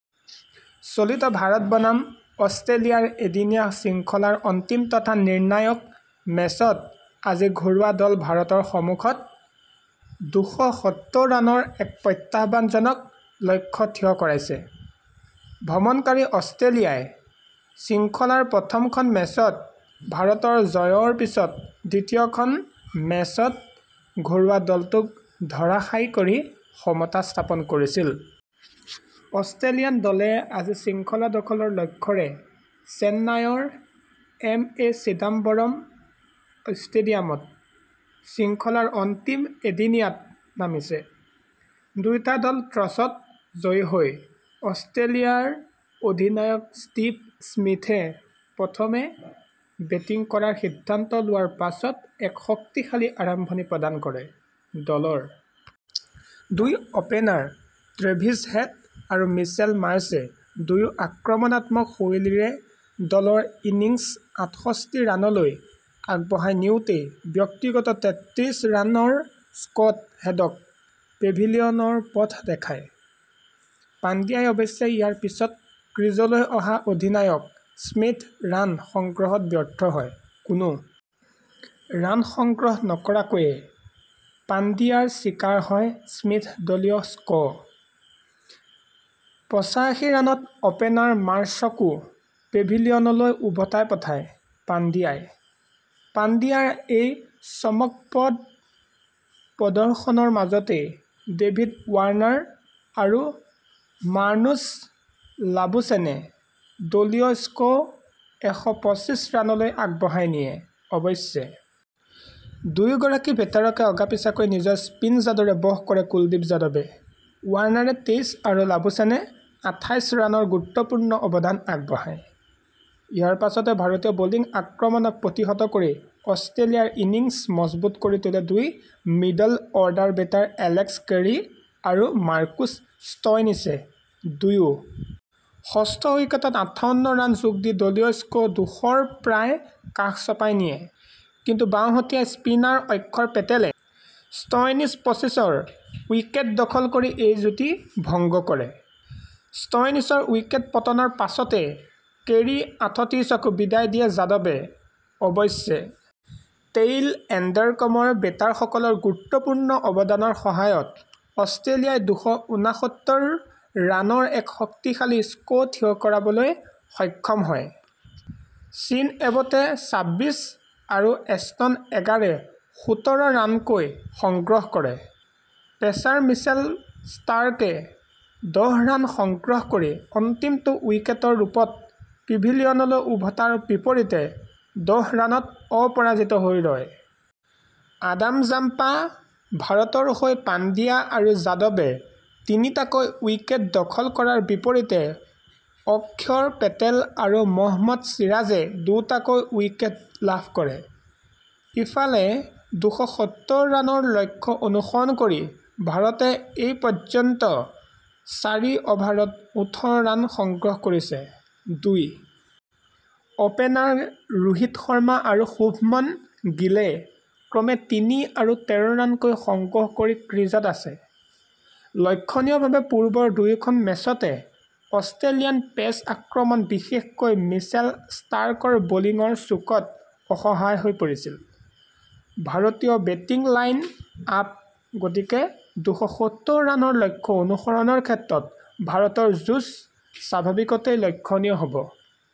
চলিত ভাৰত বনাম অষ্ট্ৰেলিয়াৰ এদিনীয়া শৃংখলাৰ অন্তিম তথা নিৰ্ণায়ক মেচত আজি ঘৰুৱা দল ভাৰতৰ সমুখত দুশ সত্তৰ ৰানৰ এক প্ৰত্যাহ্বানজনক লক্ষ্য থিয় কৰাইছে। ভ্ৰমণকাৰী অষ্ট্ৰেলিয়াই শৃংখলাৰ প্ৰথমখন মেচত ভাৰতৰ জয়ৰ পিছত দ্বিতীয়খন মেচত ঘৰুৱা দলটোক ধৰাশায়ী কৰি সমতা স্থাপন কৰিছিল। অষ্ট্ৰেলিয়ান দলে আজি শৃংখলা দখলৰ লক্ষ্যৰে চেন্নাইৰ এম এ চিদাম্বৰম ষ্টেডিয়ামত শৃংখলাৰ অন্তিম এদিনীয়াত নামিছে। দুয়োটা দল টছত জয়ী হৈ অষ্ট্ৰেলিয়াৰ অধিনায়ক ষ্টিভ স্মিথে প্ৰথমে বেটিং কৰাৰ সিদ্ধান্ত লোৱাৰ পাছত এক শক্তিশালী আৰম্ভণি প্ৰদান কৰে ।দলৰ দুই অপেনাৰ ট্ৰেভিছ হেড আৰু মিচেল মাৰ্শ্বেদুয়ো আক্ৰমণাত্মক শৈলীৰে দলৰ ইনিংছ আঠষষ্ঠি ৰানলৈ আগবঢ়াই নিওঁতেই ব্যক্তিগত তেত্ৰিশ ৰানৰ স্কত হেডক পেভিলিয়নৰ পথ দেখায়। পাণ্ডিয়াই অৱশ্যে ইয়াৰ পিছত ক্ৰীজলৈ অহা অধিনায়ক স্মিথ ৰান সংগ্ৰহত ব্যৰ্থ হয়। কোনো ৰান সংগ্ৰহ নকৰাকৈয়ে পাণ্ডিয়াৰ চিকাৰ হয় স্মিথ দলীয় স্ক ।পচাশী ৰানত অপেনাৰ মাৰ্শ্বকো পেভিলিয়নলৈ উভতাই পঠায় পাণ্ডিয়াই। পাণ্ডিয়াৰ এই চমকপ্ৰদ প্ৰদৰ্শনৰ মাজতে ডেভিদ ৱাৰ্ণাৰ আৰু মাৰ্নুচ লাবুশ্বেনে দলীয় স্ক এশ পঁচিছ ৰানলৈ আগবঢ়াই নিয়ে। অৱশ্যে দুয়োগৰাকী বেটাৰকে অগা-পিছাকৈ নিজৰ স্পীন যাদুৰে বশ কৰে কুলদীপ যাদৱে ৱাৰ্ণাৰে তেইছ আৰু লাবুশ্বেনে আঠাইছ ৰানৰ গুৰুত্বপূৰ্ণ অৱদান আগবঢ়ায়। ইয়াৰ পাছতে ভাৰতীয় বলিং আক্ৰমণক প্ৰতিহত কৰি অষ্ট্ৰেলিয়াৰ ইনিংছ মজবুত কৰি তোলে দুই middle order batter Alex Carey আৰু মাৰ্কুচ ষ্টইনিছে। দুয়ো ষষ্ঠ উইকেটত আঠাউন্ন ৰান যোগ দি দলীয় স্ক দুশৰ প্ৰায় কাষ চপাই নিয়ে। কিন্তু বাওঁহতীয়া স্পিনাৰ অক্ষৰ পেটেলে ষ্টইনিছ পঁচিছৰ উইকেট দখল কৰি এই যুটি ভংগ কৰে। ষ্টইনিছৰ উইকেট পতনৰ পাছতে কেৰী আঠত্ৰিছকো বিদায় দিয়ে যাদৱে। অৱশ্যে টেইল এণ্ডাৰ ক্ৰমৰ বেটাৰসকলৰ গুৰুত্বপূৰ্ণ অৱদানৰ সহায়ত অষ্ট্ৰেলিয়াই দুশ উনাসত্তৰ ৰানৰ এক শক্তিশালী স্ক থিয় কৰাবলৈ সক্ষম হয়। চিন এবটে চাবিছ আৰু এষ্টন এগাৰে সোতৰ ৰানকৈ সংগ্ৰহ কৰে। পেচাৰ মিচেল ষ্টাৰ্কে দহ ৰান সংগ্ৰহ কৰি অন্তিমটো উইকেটৰ ৰূপত পেভিলিয়নলৈ উভতাৰ বিপৰীতে দহ ৰানত অপৰাজিত হৈ ৰয়। আডাম জাম্পা ভাৰতৰ হৈ পাণ্ডিয়া আৰু যাদৱে তিনিটাকৈ উইকেট দখল কৰাৰ বিপৰীতে অক্ষৰ পেটেল আৰু মহম্মদ চিৰাজে দুটাকৈ উইকেট লাভ কৰে। ইফালে দুশ সত্তৰ ৰানৰ লক্ষ্য অনুসৰণ কৰি ভাৰতে এই পৰ্যন্ত চাৰি অভাৰত ওঠৰ ৰান সংগ্ৰহ কৰিছে। দুই অপেনাৰ ৰোহিত শৰ্মা আৰু শুভমন গিলে ক্ৰমে তিনি আৰু তেৰ ৰানকৈ সংগ্ৰহ কৰি ক্ৰীজত আছে। লক্ষণীয়ভাৱে পূৰ্বৰ দুয়োখন মেচতে অষ্ট্ৰেলিয়ান পেচ আক্ৰমণ বিশেষকৈ মিচেল ষ্টাৰ্কৰ বলিঙৰ চোকত অসহায় হৈ পৰিছিল ।ভাৰতীয় বেটিং লাইন আপ, গতিকে দুশ সত্তৰ ৰানৰ লক্ষ্য অনুসৰণৰ ক্ষেত্ৰত ভাৰতৰ যুঁজ স্বাভাৱিকতেই লক্ষ্যণীয় হ'ব।